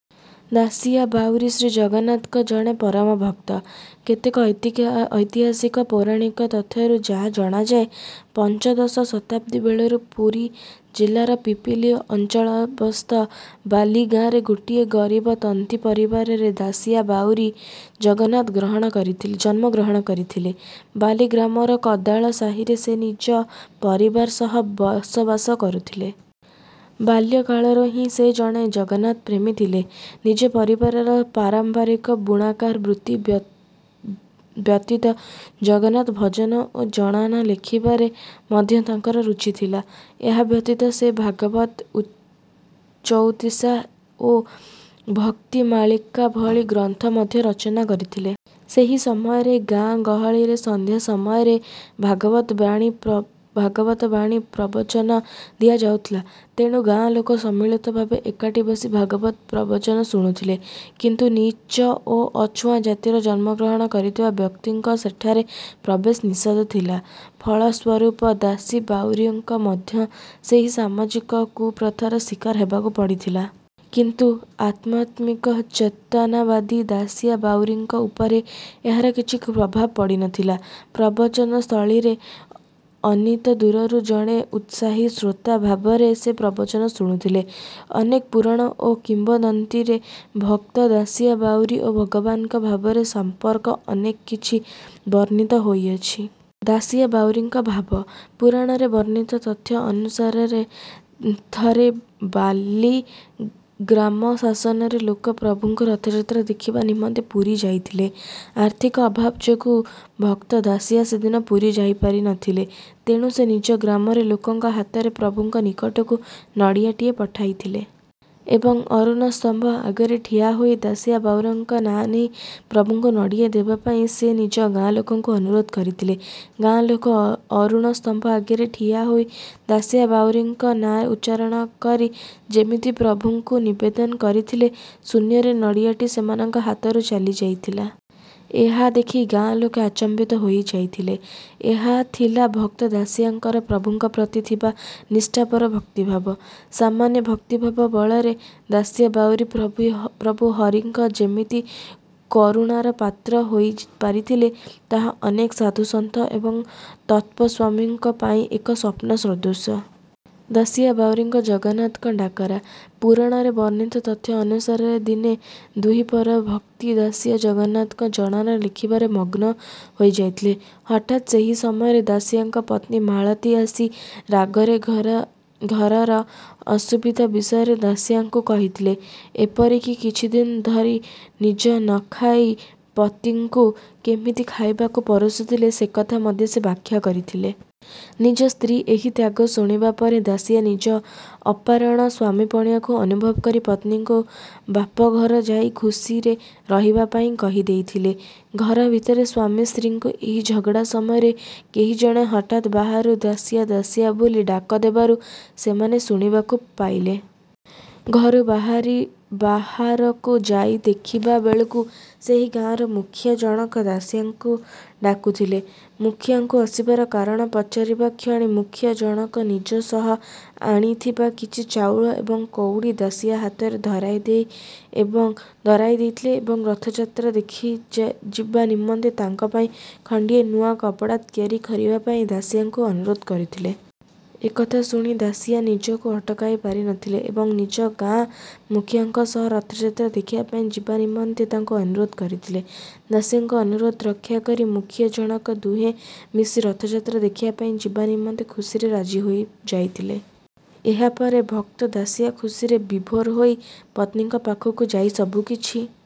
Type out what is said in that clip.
ଦାସିଆ ବାଉରୀ ଶ୍ରୀ ଜଗନ୍ନାଥଙ୍କ ଜଣେ ପରମ ଭକ୍ତ। କେତେକ ଐତିହାସିକ ଓ ପୌରାଣିକ ତଥ୍ୟରୁ ଯାହା ଜଣାଯାଏ ପଞ୍ଚଦଶ ଶତାବ୍ଦୀ ବେଳକୁ ପୁରୀ ଜିଲ୍ଲାର ପିପିଲି ଅଞ୍ଚଳସ୍ଥ ବାଲିଗାଁରେ ଗୋଟିଏ ଗରିବ ତନ୍ତୀ ପରିବାରରେ ଦାସିଆ ବାଉରୀ ଜନ୍ମଗ୍ରହଣ କରିଥିଲେ। ବାଲି ଗ୍ରାମର ଖଦାଳ ସାହିରେ ସେ ନିଜ ପରିବାର ସହ ବସବାସ କରୁଥିଲେ। ବାଲ୍ୟକାଳରୁ ହିଁ ସେ ଜଣେ ଜଗନ୍ନାଥପ୍ରେମୀ ଥିଲେ। ନିଜ ପରିବାରର ପାରମ୍ପରିକ ବୁଣାକାର ବୃତ୍ତି ବ୍ୟତୀତ ଜଗନ୍ନାଥ ଭଜନ ଓ ଜଣାଣ ଲେଖିବାରେ ମଧ୍ୟ ତାଙ୍କର ରୁଚି ଥିଲା। ଏହା ବ୍ୟତୀତ ସେ ଭାଗବତ ଚଉତିସା ଓ ଭକ୍ତିମାଳିକା ଭଳି ଗ୍ରନ୍ଥ ମଧ୍ୟ ରଚନା କରିଥିଲେ। ସେହି ସମୟରେ ଗାଁଗହଳିରେ ସନ୍ଧ୍ୟା ସମୟରେ ଭାଗବତ ବାଣୀ ପ୍ରବଚନ ଦିଆଯାଉଥିଲା। ତେଣୁ ଗାଁ ଲୋକେ ସମ୍ମିଳିତ ଭାବେ ଏକାଠି ବସି ଭାଗବତ ପ୍ରବଚନ ଶୁଣୁଥିଲେ। କିନ୍ତୁ ନୀଚ ଓ ଅଛୁଆଁ ଜାତିରେ ଜନ୍ମଗ୍ରହଣ କରିଥିବା ବ୍ୟକ୍ତିଙ୍କୁ ସେଠାରେ ପ୍ରବେଶ ନିଷେଧ ଥିଲା। ଫଳସ୍ୱରୂପ ଦାସିଆ ବାଉରୀଙ୍କୁ ମଧ୍ୟ ସେହି ସାମାଜିକ କୁପ୍ରଥାର ଶିକାର ହେବାକୁ ପଡ଼ିଥିଲା। କିନ୍ତୁ ଆଧ୍ୟାତ୍ମିକ ଚେତନାବାଦୀ ଦାସିଆ ବାଉରୀଙ୍କ ଉପରେ ଏହାର କିଛି ପ୍ରଭାବ ପଡ଼ିନଥିଲା। ପ୍ରବଚନ ସ୍ଥଳୀର ଅନତି ଦୂରରୁ ଜଣେ ଉତ୍ସାହୀ ଶ୍ରୋତା ଭାବରେ ସେ ପ୍ରବଚନ ଶୁଣୁଥିଲେ। ଅନେକ ପୁରାଣ ଓ କିମ୍ବଦନ୍ତୀରେ ଭକ୍ତ ଦାସିଆ ବାଉରୀ ଓ ଭଗବାନଙ୍କ ଭାବ ସମ୍ପର୍କରେ ଅନେକ କିଛି ବର୍ଣ୍ଣିତ ହୋଇଅଛି। ଦାସିଆ ବାଉରୀଙ୍କ ଭାବ। ପୁରାଣରେ ବର୍ଣ୍ଣିତ ତଥ୍ୟ ଅନୁସାରେ ଥରେ ବାଲି ଗ୍ରାମ ଶାସନର ଲୋକେ ପ୍ରଭୁଙ୍କ ରଥଯାତ୍ରା ଦେଖିବା ନିମନ୍ତେ ପୁରୀ ଯାଇଥିଲେ। ଆର୍ଥିକ ଅଭାବ ଯୋଗୁଁ ଭକ୍ତ ଦାସିଆ ସେଦିନ ପୁରୀ ଯାଇପାରିନଥିଲେ। ତେଣୁ ସେ ନିଜ ଗ୍ରାମର ଲୋକଙ୍କ ହାତରେ ପ୍ରଭୁଙ୍କ ନିକଟକୁ ନଡ଼ିଆଟିଏ ପଠାଇଥିଲେ। ଏବଂ ଅରୁଣ ସ୍ତମ୍ଭ ଆଗରେ ଠିଆହୋଇ ଦାସିଆ ବାଉରୀଙ୍କ ନାଁ ନେଇ ପ୍ରଭୁଙ୍କୁ ନଡ଼ିଆ ଦେବା ପାଇଁ ସେ ନିଜ ଗାଁ ଲୋକଙ୍କୁ ଅନୁରୋଧ କରିଥିଲେ। ଗାଁ ଲୋକେ ଅରୁଣ ସ୍ତମ୍ଭ ଆଗରେ ଠିଆ ହୋଇ ଦାସିଆ ବାଉରୀଙ୍କ ନାଁ ଉଚ୍ଚାରଣ କରି ଯେମିତି ପ୍ରଭୁଙ୍କୁ ନିବେଦନ କରିଥିଲେ ଶୂନ୍ୟରେ ନଡ଼ିଆଟି ସେମାନଙ୍କ ହାତରୁ ଚାଲିଯାଇଥିଲା। ଏହା ଦେଖି ଗାଁ ଲୋକେ ଆଚମ୍ବିତ ହୋଇଯାଇଥିଲେ। ଏହା ଥିଲା ଭକ୍ତ ଦାସିଆଙ୍କର ପ୍ରଭୁଙ୍କ ପ୍ରତି ଥିବା ନିଷ୍ଠାପର ଭକ୍ତିଭାବ। ସାମାନ୍ୟ ଭକ୍ତିଭାବ ବଳରେ ଦାସିଆ ବାଉରୀ ପ୍ରଭୁ ହରିଙ୍କ ଯେମିତି କରୁଣାର ପାତ୍ର ହୋଇପାରିଥିଲେ ତାହା ଅନେକ ସାଧୁ ସନ୍ଥ ଓ ତପସ୍ୱୀମାନଙ୍କ ପାଇଁ ଏକ ସ୍ୱପ୍ନ ସଦୃଶ। ଦାସିଆ ବାଉରୀଙ୍କୁ ଜଗନ୍ନାଥଙ୍କ ଡାକରା। ପୁରାଣରେ ବର୍ଣ୍ଣିତ ତଥ୍ୟ ଅନୁସାରେ ଦିନେ ଦ୍ୱିପ୍ରହରରେ ଭକ୍ତ ଦାସିଆ ଜଗନ୍ନାଥଙ୍କ ଜଣାଣ ଲେଖିବାରେ ମଗ୍ନ ହୋଇଯାଇଥିଲେ। ହଠାତ୍ ସେହି ସମୟରେ ଦାସିଆଙ୍କ ପତ୍ନୀ ମାଳତୀ ଆସି ରାଗରେ ଘରର ଅସୁବିଧା ବିଷୟରେ ଦାସିଆଙ୍କୁ କହିଥିଲେ। ଏପରିକି କିଛିଦିନ ଧରି ନିଜେ ନଖାଇ ପତିଙ୍କୁ କେମିତି ଖାଇବାକୁ ପରସୁଥିଲେ ସେ କଥା ମଧ୍ୟ ସେ ବ୍ୟାଖ୍ୟା କରିଥିଲେ। ନିଜ ସ୍ତ୍ରୀଙ୍କ ଏହି ତ୍ୟାଗ ଶୁଣିବା ପରେ ଦାସିଆ ନିଜ ଅପାରଗ ସ୍ୱାମୀପଣିଆକୁ ଅନୁଭବ କରି ପତ୍ନୀଙ୍କୁ ବାପଘର ଯାଇ ଖୁସିରେ ରହିବା ପାଇଁ କହିଦେଇଥିଲେ। ଘର ଭିତରେ ସ୍ୱାମୀ ସ୍ତ୍ରୀଙ୍କ ଏହି ଝଗଡ଼ା ସମୟରେ କେହି ଜଣେ ହଠାତ୍ ବାହାରୁ ଦାସିଆ ଦାସିଆ ବୋଲି ଡାକ ଦେବାର ସେମାନେ ଶୁଣିବାକୁ ପାଇଲେ। ଘରୁ ବାହାରକୁ ଯାଇ ଦେଖିବା ବେଳେ ସେହି ଗାଁର ମୁଖିଆ ଜଣକ ଦାସିଆଙ୍କୁ ଡାକୁଥିଲେ। ମୁଖିଆଙ୍କୁ ଆସିବାର କାରଣ ପଚାରିବା କ୍ଷଣି ମୁଖିଆ ଜଣକ ନିଜ ସହ ଆଣିଥିବା କିଛି ଚାଉଳ ଏବଂ କଉଡ଼ି ଦାସିଆ ହାତରେ ଧରାଇ ଦେଇଥିଲେ ଏବଂ ରଥଯାତ୍ରା ଦେଖିଯିବା ନିମନ୍ତେ ତାଙ୍କ ପାଇଁ ଖଣ୍ଡିଏ ନୂଆ କପଡ଼ା ତିଆରି କରିବା ପାଇଁ ଦାସିଆଙ୍କୁ ଅନୁରୋଧ କରିଥିଲେ। ଏ କଥା ଶୁଣି ଦାସିଆ ନିଜକୁ ଅଟକାଇ ପାରିନଥିଲେ ଏବଂ ନିଜ ଗାଁ ମୁଖିଆଙ୍କ ସହ ରଥଯାତ୍ରା ଦେଖିବା ପାଇଁ ଯିବା ନିମନ୍ତେ ତାଙ୍କୁ ଅନୁରୋଧ କରିଥିଲେ। ଦାସିଆଙ୍କ ଅନୁରୋଧ ରକ୍ଷା କରି ମୁଖିଆ ଜଣକ ଦୁହେଁ ମିଶି ରଥଯାତ୍ରା ଦେଖିବା ପାଇଁ ଯିବା ନିମନ୍ତେ ଖୁସିରେ ରାଜି ହୋଇଯାଇଥିଲେ। ଏହା ପରେ ଭକ୍ତ ଦାସିଆ ଖୁସିରେ ବିଭୋର ହୋଇ ପତ୍ନୀଙ୍କ ପାଖକୁ ଯାଇ ସବୁ କିଛି